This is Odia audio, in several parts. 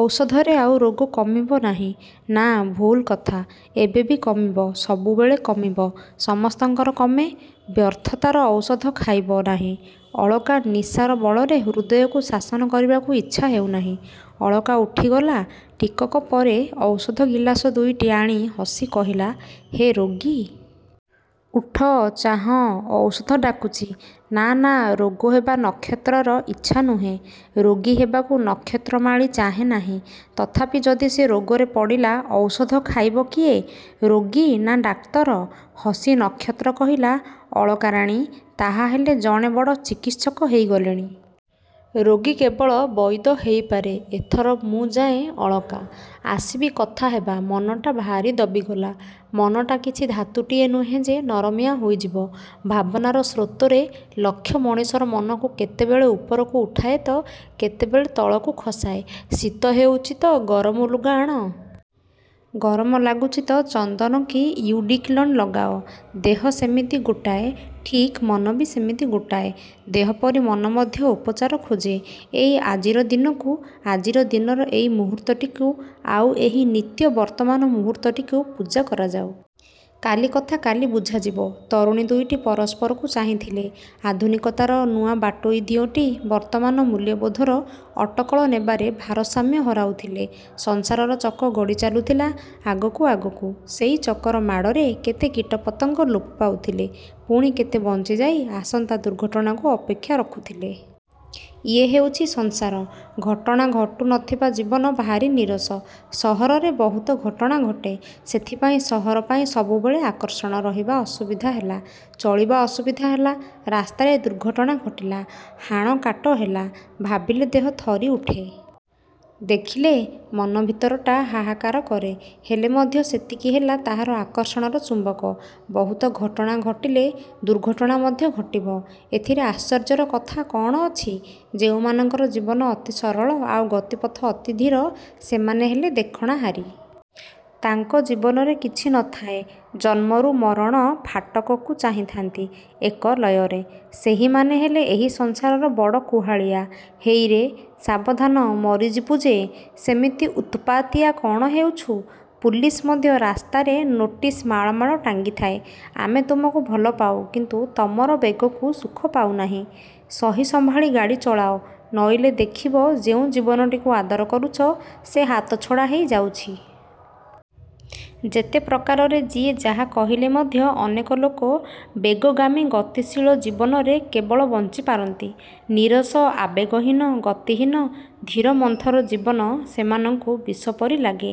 -ଔଷଧରେ ଆଉ ରୋଗ କମିବ ନାହିଁ। -ନା। ଭୁଲ କଥା। ଏବେ ବି କମିବ-ସବୁବେଳେ କମିବ। ସମସ୍ତଙ୍କର କମେ। ବ୍ୟର୍ଥତାର ଔଷଧ ଖାଇବ? -ନାହିଁ, ଅଳକା। ନିଶାର ବଳରେ ହୃଦୟକୁ ଶାସନ କରିବାକୁ ଇଛା ହେଉ ନାହିଁ। ଅଳକା ଉଠିଗଲା। ଟିକକ ପରେ ଔଷଧ ଗିଲାସ ଦୁଇଟି ଆଣି ହସି କହିଲା-ହେ, ରୋଗୀ। ଉଠ-ଚାହଁ-ଔଷଧ ଡାକୁଛି। -ନା-ନା। -ରୋଗ ହେବା ନକ୍ଷତ୍ରର ଇଛା ନୁହେଁ। ରୋଗୀ ହେବାକୁ ନକ୍ଷତ୍ରମାଳୀ ଚାହେଁ ନାହିଁ। ତଥାପି ଯଦି ସେ ରୋଗରେ ପଡ଼ିଲା ଔଷଧ ଖାଇବ କିଏ? ରୋଗୀ ନା ଡାକ୍ତର? ହସି ନକ୍ଷତ୍ର କହିଲା-ଅଳକା ରାଣୀ ତାହାହେଲେ ଜଣେ ବଡ଼ ଚିକିତ୍ସକ ହେଇଗଲେଣି। ରୋଗୀ କେବଳ ବଇଦ ହେଇପାରେ ଏଥର ମୁଁ ଯାଏଁ ଅଳକା, ଆସିବି-କଥା ହେବା। ମନଟା ଭାରି ଦବିଗଲା। -ମନଟା କିଛି ଧାତୁଟିଏ ନୁହେଁ ଯେ ନରମିଆ ହୋଇଯିବ। ଭାବନାର ସ୍ରୋତର ଲକ୍ଷ୍ୟ ମଣିଷର ମନକୁ କେତେବେଳେ ଉପରକୁ ଉଠାଏ ତ କେତେବେଳେ ତଳକୁ ଖସାଏ। ଶୀତ ହେଉଛି ତ ଗରମ ଲୁଗା ଆଣ। ଗରମ ଲାଗୁଛି ତ ଚନ୍ଦନ କି ଇଉଡିକଲନ୍ ଲଗାଅ। ଦେହ ସେମିତି ଗୋଟାଏ। -ଠିକ୍। ମନଟି ବି ସେମିତି ଗୋଟିଏ। ଦେହ ପରି ମନ ମଧ୍ୟ ଉପଚାର ଖୋଜେ। -ଏଇ ଆଜିର ଦିନକୁ-ଆଜିର ଦିନର ଏଇ ମୁହୂର୍ତ୍ତଟିକୁ-ଆଉ ଏହି ନିତ୍ୟ ବର୍ତ୍ତମାନ ମୁହୂର୍ତ୍ତଟିକୁ ପୂଜା କରାଯାଉ। କାଲି କଥା କାଲି ବୁଝାଯିବ। ତରୁଣୀ ଦୁଇଟି ପରସ୍ପରକୁ ଚାହିଁଥିଲେ। ଆଧୁନିକତାର ନୂଆ ବାଟୋଇ ଦିଓଟି ବର୍ତ୍ତମାନର ମୂଲ୍ୟବୋଧର ଅଟକଳ ନେବାରେ ଭାରସାମ୍ୟ ହରାଉଥିଲେ। ସଂସାରର ଚକ ଗଡ଼ି ଚାଲୁଥିଲା-ଆଗକୁ-ଆଗକୁ। ସେଇ ଚକର ମାଡ଼ରେ କେତେ କୀଟପତଙ୍ଗ ଲୋପ ପାଉଥିଲେ। ପୁଣି କେତେ ବଞ୍ଚିଯାଇ ଆସନ୍ତା ଦୁର୍ଘଟଣାକୁ ଅପେକ୍ଷା ରଖୁଥିଲେ। ଇଏ ହେଉଛି ସଂସାର। ଘଟଣା ଘଟୁ ନ ଥିବା ଜୀବନ ଭାରି ନୀରସ। ସହରରେ ବହୁତ ଘଟଣା ଘଟେ-ସେଥିପାଇଁ ସହର ପାଇଁ ସବୁବେଳେ ଆକର୍ଷଣ। ରହିବା ଅସୁବିଧା ହେଲା। ଚଳିବା ଅସୁବିଧା ହେଲା। ରାସ୍ତାରେ ଦୁର୍ଘଟଣା ଘଟିଲା। ହାଣ କାଟ ହେଲା-ଭାବିଲେ ଦେହ ଥରି ଉଠେ। ଦେଖିଲେ ମନ ଭିତରଟା ହାହାକାର କରେ। ହେଲେ ମଧ୍ୟ ସେତିକି ହେଲା ତାହାର ଆକର୍ଷଣର ଚୁମ୍ବକ। ବହୁତ ଘଟଣା ଘଟିଲେ ଦୁର୍ଘଟଣା ମଧ୍ୟ ଘଟିବ। ଏଥିରେ ଆଶ୍ଚର୍ଯ୍ୟର କଥା କ'ଣ ଅଛି-? ଯେଉଁମାନଙ୍କର ଜୀବନ ଅତି ସରଳ ଆଉ ଗତିପଥ ଅତି ଧୀର-ସେମାନେ ହେଲେ ଦେଖଣାହାରୀ। ତାଙ୍କ ଜୀବନରେ କିଛି ନ ଥାଏ ଜନ୍ମରୁ ମରଣର ଫାଟକକୁ ଚାହିଁଥାନ୍ତି-ଏକ ଲୟରେ। ସେହିମାନେ ହେଲେ ଏହି ସଂସାରର ବଡ଼ କୁହାଳିଆ। -ହେଇରେ। ସାବଧାନ ମରିଯିବୁ ଯେ। ସେମିତି ଉତ୍ପାତିଆ କ'ଣ ହେଉଛୁ? ପୁଲିସ୍ ମଧ୍ୟ ରାସ୍ତାରେ ନୋଟିସ ମାଳ ମାଳ ଟାଙ୍ଗିଥାଏ-ଆମେ ତୁମକୁ ଭଲପାଉ; କିନ୍ତୁ ତମର ବେଗକୁ ସୁଖ ପାଉନାହିଁ-ସହି ସମ୍ଭାଳି ଗାଡ଼ି ଚଳାଅ-ନଇଲେ ଦେଖିବ ଯେଉଁ ଜୀବନଟିକୁ ଆଦର କରୁଛ ସେ ହାତଛଡ଼ା ହେଇ ଯାଉଛି। ଯେତେ ପ୍ରକାରରେ ଯିଏ ଯାହା କହିଲେ ମଧ୍ୟ ଅନେକ ଲୋକ ବେଗଗାମୀ ଗତିଶୀଳ ଜୀବନରେ କେବଳ ବଞ୍ଚି ପାରନ୍ତି। ନିରସ, ଆବେଗହୀନ, ଗତିହୀନ, ଧୀରମନ୍ଥର ଜୀବନ ସେମାନଙ୍କୁ ବିଷପରି ଲାଗେ।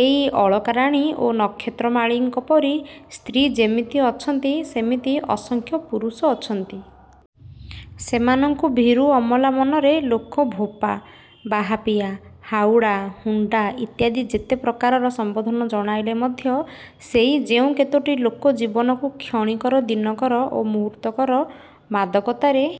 ଏଇ ଅଳକାରାଣୀ ଓ ନକ୍ଷତ୍ରମାଳୀଙ୍କପରି ସ୍ତ୍ରୀ ଯେମିତି ଅଛନ୍ତି ସେମିତି ଅସଂଖ୍ୟ ପୁରୁଷ ଅଛନ୍ତି। ସେମାନଙ୍କୁ ଭୀରୁ ଅମଲା ମନର ଲୋକ ଭୋପା, ବାହାପିଆ, ହାଉଡ଼ା, ହୁଣ୍ଡା ଇତ୍ୟାଦି ଯେତେ ପ୍ରକାରର ସମ୍ବୋଧନ ଜଣାଇଲେ ମଧ୍ୟ ସେଇ ଯେଉଁ କେତୋଟି ଲୋକ ଜୀବନକୁ କ୍ଷଣିକର-ଦିନକର-ଓ ମୁହୂର୍ତ୍ତର ମାଦକତାରେ